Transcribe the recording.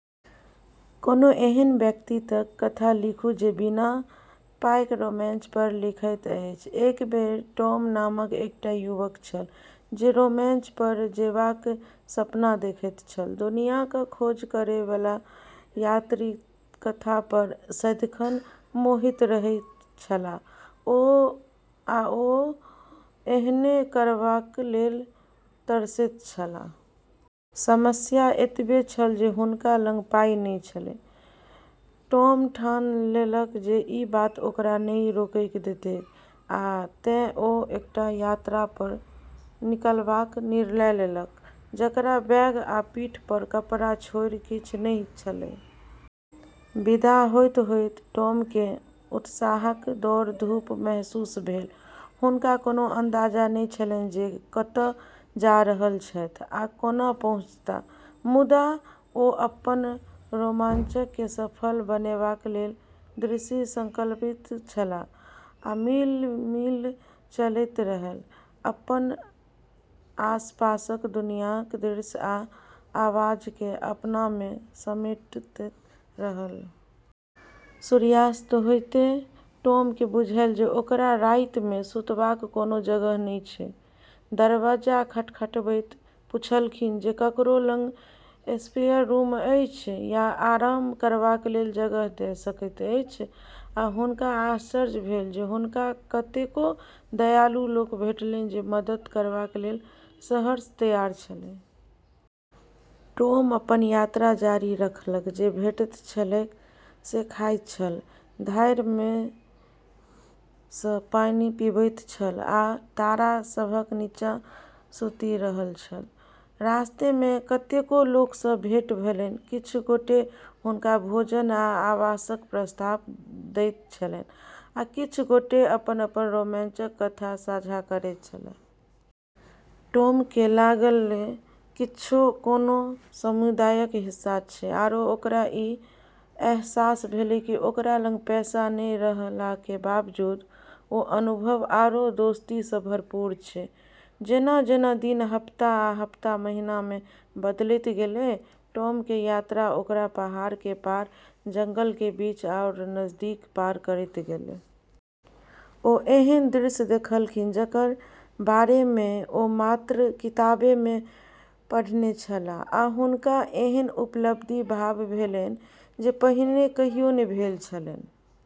कोनो एहन व्यक्तिक कथा लिखू जे बिना पाइक रोमांच पर निकलैत अछि। एक बेर टॉम नामक एकटा युवक छल, जे रोमांच पर जेबाक सपना देखैत छल। दुनियाँक खोज करैबला यात्रीक कथा पर सदिखन मोहित रहैत छलाह, आ ओहो एहने करबाक लेल तरसैत छलाह। समस्या एतबे छल जे हुनका लग पाइ नहि छलनि। टॉम ठान लेलक जे ई बात ओकरा नहि रोकै देतैक, आ तेँ ओ एकटा यात्रा पर निकलबाक निर्णय लेलक जकरा बैग आ पीठ पर कपड़ा छोड़ि किछ नहि छलैक। विदा होइत-होइत टॉमकेँ उत्साहक दौड़-धूप महसूस भेल। हुनका कोनो अंदाजा नहि छलनि जे ओ कतय जा रहल छथि आ कोना पहुँचत, मुदा ओ अपन रोमांचके सफल बनेबाक लेल दृढ़ संकल्पित छलाह। ओ मील-मील चलैत रहल, अपन आसपासक दुनियाँक दृश्य आ आवाजकेँ अपनामे समेटैत रहल। सूर्यास्त होइते टॉमकेँ बुझायल जे ओकरा रातिमे सुतबाक कोनो जगह नहि छैक। दरबज्जा खटखटबैत पुछलखिन जे ककरो लग स्पेयर रूम अछि वा आराम करबाक लेल जगह द' सकैत अछि, आ हुनका आश्चर्य भेल जे हुनका कतेको दयालु लोक भेटलनि जे मदद करबा लेल सहर्ष तैयार छलनि । टॉम अपन यात्रा जारी रखलक, जे भेटैत छलैक से खाइत छल, धारमे सँ पानि पीबैत छल आ तारा सभक निच्चाँ सुति रहल छल। रास्तामे कतेको लोक सँ भेँट भेलनि, किछ गोटे हुनका भोजन आ आवासक प्रस्ताव दैत छलनि, आ किछ गोटे अपन-अपन रोमांचक कथा साझा करैत छलाह। टॉमके लागलै किओ कोनो समुदायके हिस्सा छै, आरो ओकरा ई अहसास भेलै कि ओकरा लग पैसा नै रहलाके बावजूद ओ अनुभव आरो दोस्तीसँ भरपूर छै। जेना-जेना दिन हफ्ता आ हफ्ता महीनामे बदलैत गेलै, टॉमके यात्रा ओकरा पहाड़के पार, जंगलके बीच आओर नदीके पार करैत गेलै। ओ एहन दृश्य देखलनि जकर बारेमे ओ मात्र किताबमे पढ़ने छलाह, आ हुनका एहन उपलब्धिक भाव भेलनि जे पहिने कहियो नहि भेल छलनि।